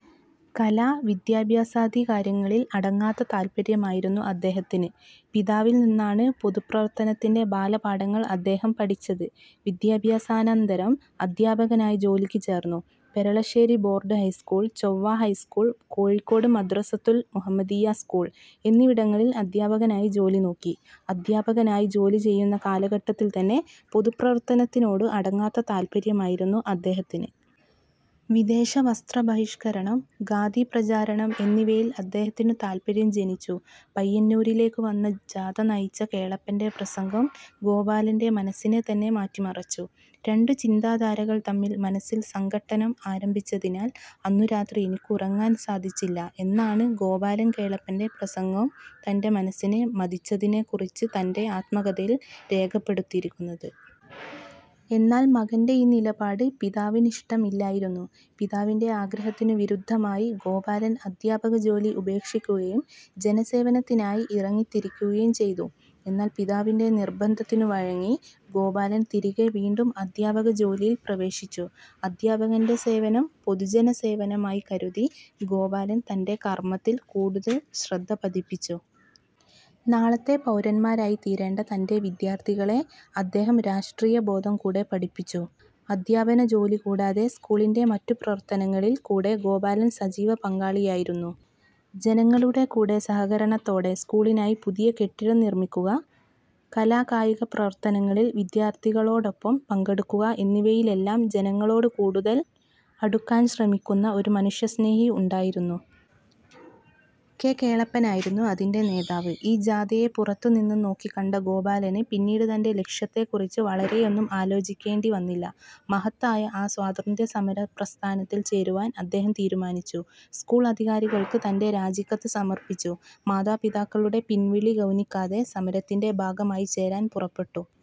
കല-വിദ്യാഭ്യാസാദി കാര്യങ്ങളിൽ അടങ്ങാത്ത താൽപര്യമായിരുന്നു അദ്ദേഹത്തിന്. പിതാവിൽ നിന്നാണ് പൊതുപ്രവർത്തനത്തിന്റെ ബാലപാഠങ്ങൾ അദ്ദേഹം പഠിച്ചത്. വിദ്യാഭ്യാസാനന്തരം അധ്യാപകനായി ജോലിക്കു ചേർന്നു. Peralassery board high school, Chovva high school, Kozhikode Madrasathul Muhammadiya school എന്നിവിടങ്ങളിൽ അധ്യാപകനായി ജോലി നോക്കി. അധ്യാപകനായി ജോലി ചെയ്യുന്ന കാലഘട്ടത്തിൽത്തന്നെ പൊതുപ്രവർത്തനത്തിനോടു അടങ്ങാത്ത താൽപര്യമായിരുന്നു അദ്ദേഹത്തിന്. വിദേശ വസ്ത്ര ബഹിഷ്കരണം, ഖാദി പ്രചാരണം, എന്നിവയിൽ അദ്ദേഹത്തിനു താൽപര്യം ജനിച്ചു. പയ്യന്നൂരിലേക്കു വന്ന ജാഥ നയിച്ച കേളപ്പന്റെ പ്രസംഗം ഗോപാലന്റെ മനസ്സിനെ തന്നെ മാറ്റിമറിച്ചു. രണ്ടു ചിന്താധാരകൾ തമ്മിൽ മനസ്സിൽ സംഘട്ടനം ആരംഭിച്ചതിനാൽ അന്നു രാത്രി എനിക്കുറങ്ങാൻ സാധിച്ചില്ല എന്നാണ് ഗോപാലൻ കേളപ്പന്റെ പ്രസംഗം തന്റെ മനസ്സിനെ മഥിച്ചതിനെക്കുറിച്ച് തന്റെ ആത്മകഥയിൽ രേഖപ്പെടുത്തിയിരിക്കുന്നത്. എന്നാൽ മകന്റെ ഈ നിലപാട് പിതാവിനിഷ്ടമില്ലായിരുന്നു. പിതാവിന്റെ ആഗ്രഹത്തിനു വിരുദ്ധമായി ഗോപാലൻ അധ്യാപകജോലി ഉപേക്ഷിക്കുകയും ജനസേവനത്തിനായി ഇറങ്ങിത്തിരിക്കുകയും ചെയ്തു. എന്നാൽ പിതാവിന്റെ നിർബന്ധത്തിനു വഴങ്ങി ഗോപാലൻ തിരികെ വീണ്ടും അധ്യാപക ജോലിയിൽ പ്രവേശിച്ചു. അധ്യാപകന്റെ സേവനം പൊതുജനസേവനമായി കരുതി ഗോപാലൻ തന്റെ കർമ്മത്തിൽ കൂടുതൽ ശ്രദ്ധപതിപ്പിച്ചു. നാളത്തെ പൗരന്മാരായി തീരേണ്ട തന്റെ വിദ്യാർത്ഥികളെ അദ്ദേഹം രാഷ്ട്രീയബോധം കൂടെ പഠിപ്പിച്ചു. അധ്യാപനജോലി കൂടാതെ സ്കൂളിന്റെ മറ്റു പ്രവർത്തനങ്ങളിൽ കൂടെ ഗോപാലൻ സജീവ പങ്കാളിയായിരുന്നു. ജനങ്ങളുടെ കൂടെ സഹകരണത്തോടെ സ്കൂളിനായി പുതിയ കെട്ടിടം നിർമ്മിക്കുക, കലാകായിക പ്രവർത്തനങ്ങളിൽ വിദ്യാർത്ഥികളോടൊപ്പം പങ്കെടുക്കുക എന്നിവയിലെല്ലാം ജനങ്ങളോട് കൂടുതൽ അടുക്കാൻ ശ്രമിക്കുന്ന ഒരു മനുഷ്യസ്നേഹി ഉണ്ടായിരുന്നു. കെ. കേളപ്പനായിരുന്നു അതിന്റെ നേതാവ്. ഈ ജാഥയെ പുറത്തു നിന്നും നോക്കിക്കണ്ട ഗോപാലന് പിന്നീട് തന്റെ ലക്ഷ്യത്തെക്കുറിച്ച് വളരെയൊന്നും ആലോചിക്കേണ്ടി വന്നില്ല. മഹത്തായ ആ സ്വാതന്ത്ര്യ സമരപ്രസ്ഥാനത്തിൽ ചേരുവാൻ അദ്ദേഹം തീരുമാനിച്ചു. സ്കൂൾ അധികാരികൾക്ക് തന്റെ രാജിക്കത്ത് സമർപ്പിച്ചു. മാതാപിതാക്കളുടെ പിൻവിളി ഗൗനിക്കാതെ സമരത്തിന്റെ ഭാഗമായി ചേരാൻ പുറപ്പെട്ടു.